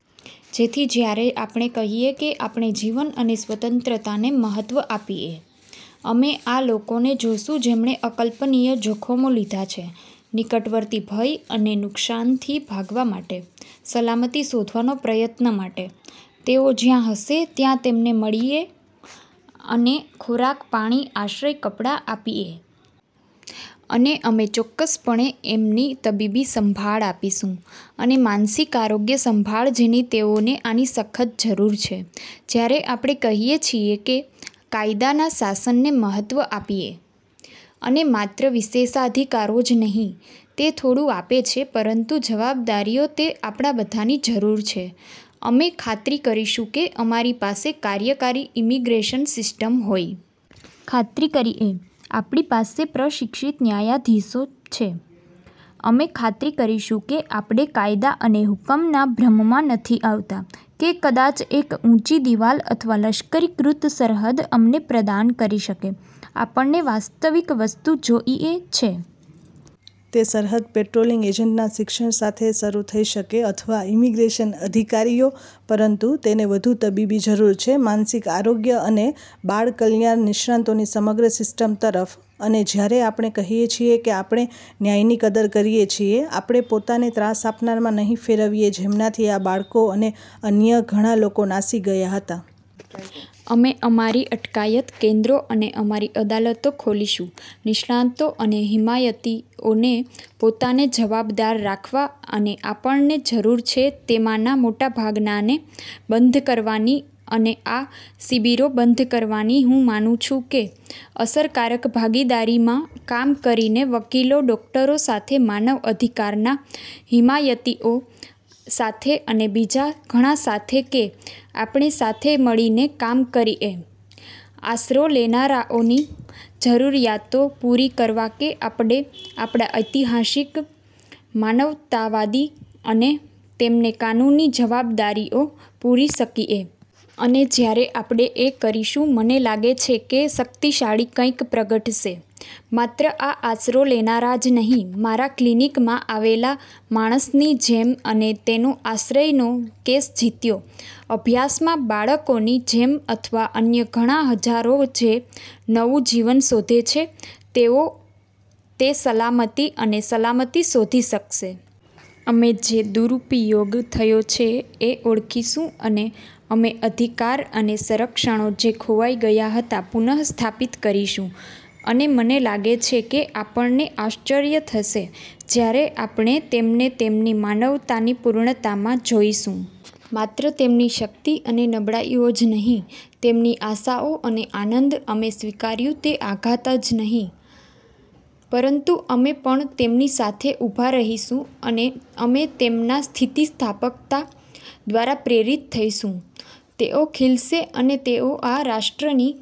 જેથી જ્યારે આપણે કહીએ કે આપણે જીવન અને સ્વતંત્રતાને મહત્ત્વ આપીએ, અમે આ લોકોને જોશું જેમણે અકલ્પનીય જોખમો લીધા છે નિકટવર્તી ભય અને નુકસાન થી ભાગવા માટે સલામતી શોધવાનો પ્રયત્ન માટે. તેઓ જ્યાં હશે ત્યાં તેમને મળીએ અને ખોરાક, પાણી, આશ્રય, કપડાં આપીએ. અને અમે ચોક્કસપણે તેમની તબીબી સંભાળ આપીશું અને માનસિક આરોગ્ય સંભાળ જેની તેઓને આની સખત જરૂર છે. જ્યારે આપણે કહીએ છીએ કે કાયદાના શાસનને મહત્વ આપીએ, અને માત્ર વિશેષાધિકારો જ નહીં તે થોડું આપે છે પરંતુ જવાબદારીઓ તે આપણા બધાની જરૂર છે, અમે ખાતરી કરીશું કે અમારી પાસે કાર્યકારી ઇમિગ્રેશન સિસ્ટમ હોય. ખાતરી કરીએ આપડી પાસે પ્રશિક્ષિત ન્યાયાધીશો છે અમે ખાતરી કરીશું કે આપડે કાયદા અને હુકમ ના ભ્રમ માં નથી આવતા કે કદાચ એક ઊંચી દિવાલ અથવા લશ્કરીકૃત સરહદ અમને પ્રદાન કરી શકે. આપણને વાસ્તવિક વસ્તુ જોઈએ છે. તે સરહદ પેટ્રોલીંગ એજન્ટ ના શિક્ષણ સાથે શરૂ થઈ શકે અથવા ઇમિગ્રેશન અધિકારીઓ, પરંતુ તેને વધુ તબીબી જરૂર છે, માનસિક આરોગ્ય અને બાળ કલ્યાણ નિષ્ણાતો ની સમગ્ર સિસ્ટમ તરફ. અને જ્યારે આપણે કહીએ છીએ કે આપણે ન્યાયની કદર કરીએ છીએ, આપડે પોતાને ત્રાસ આપનાર માં નહીં ફેરવીએ જેમનાથી આ બાળકો અને અન્ય ઘણા લોકો નાસી ગયા હતા. અમે અમારી અટકાયત કેન્દ્રો અને અમારી અદાલતો ખોલીશુ નિષ્ણાતો અને હિમાયતીઓને પોતાને જવાબદાર રાખવા. અને આપણને જરૂર છે તેમાંના મોટાભાગનાને બંધ કરવા ની અને આ શિબિરો બંધ કરવાની. હું માનું છું કે અસરકારક ભાગીદારીમાં કામ કરીને વકીલો, ડોકટરો સાથે, માનવ અધિકારના હિમાયતીઓ સાથે અને બીજા ઘણા સાથે, કે આપણે સાથે મળીને કામ કરીએ આશરો લેનારાઓની જરૂરિયાતો પૂરી કરવા કે આપડે આપડા ઐતિહાસિક, માનવતાવાદી અને તેમને કાનૂની જવાબદારીઓ પૂરી શકીએ. અને જ્યારે આપડે એ કરીશું, મને લાગે છે કે શક્તિશાળી કંઈક પ્રગટશે. માત્ર આ આશરો લેનારા જ નહીં મારા ક્લિનિકમાં આવેલા માણસની જેમ અને તેનો આશ્રયનો કેસ જીત્યો, અભ્યાસમાં બાળકોની જેમ અથવા અન્ય ઘણા હજારો જે નવું જીવન શોધે છે, તેઓ તે સલામતી અને સલામતી શોધી શકશે. અમે જે દુરુપયોગ થયો છે એ ઓળખીશું, અને અમે અધિકાર અને સંરક્ષણો જે ખોવાઈ ગયા હતા પુન:સ્થાપિત કરીશું. અને મને લાગે છે કે આપણને આશ્ચર્ય થશે જ્યારે આપણે તેમને તેમની માનવતાની પૂર્ણતામાં જોઈશું. માત્ર તેમની શક્તિ અને નબળાઇઓ જ નહીં, તેમની આશાઓ અને આનંદ, અમે સ્વીકાર્યું તે આઘાત જ નહીં, પરંતુ અમે પણ તેમની સાથે ઉભા રહીશું અને અમે તેમના સ્થિતિસ્થાપકતા દ્વારા પ્રેરિત થઈશું. તેઓ ખિલશે, અને તેઓ આ રાષ્ટ્રની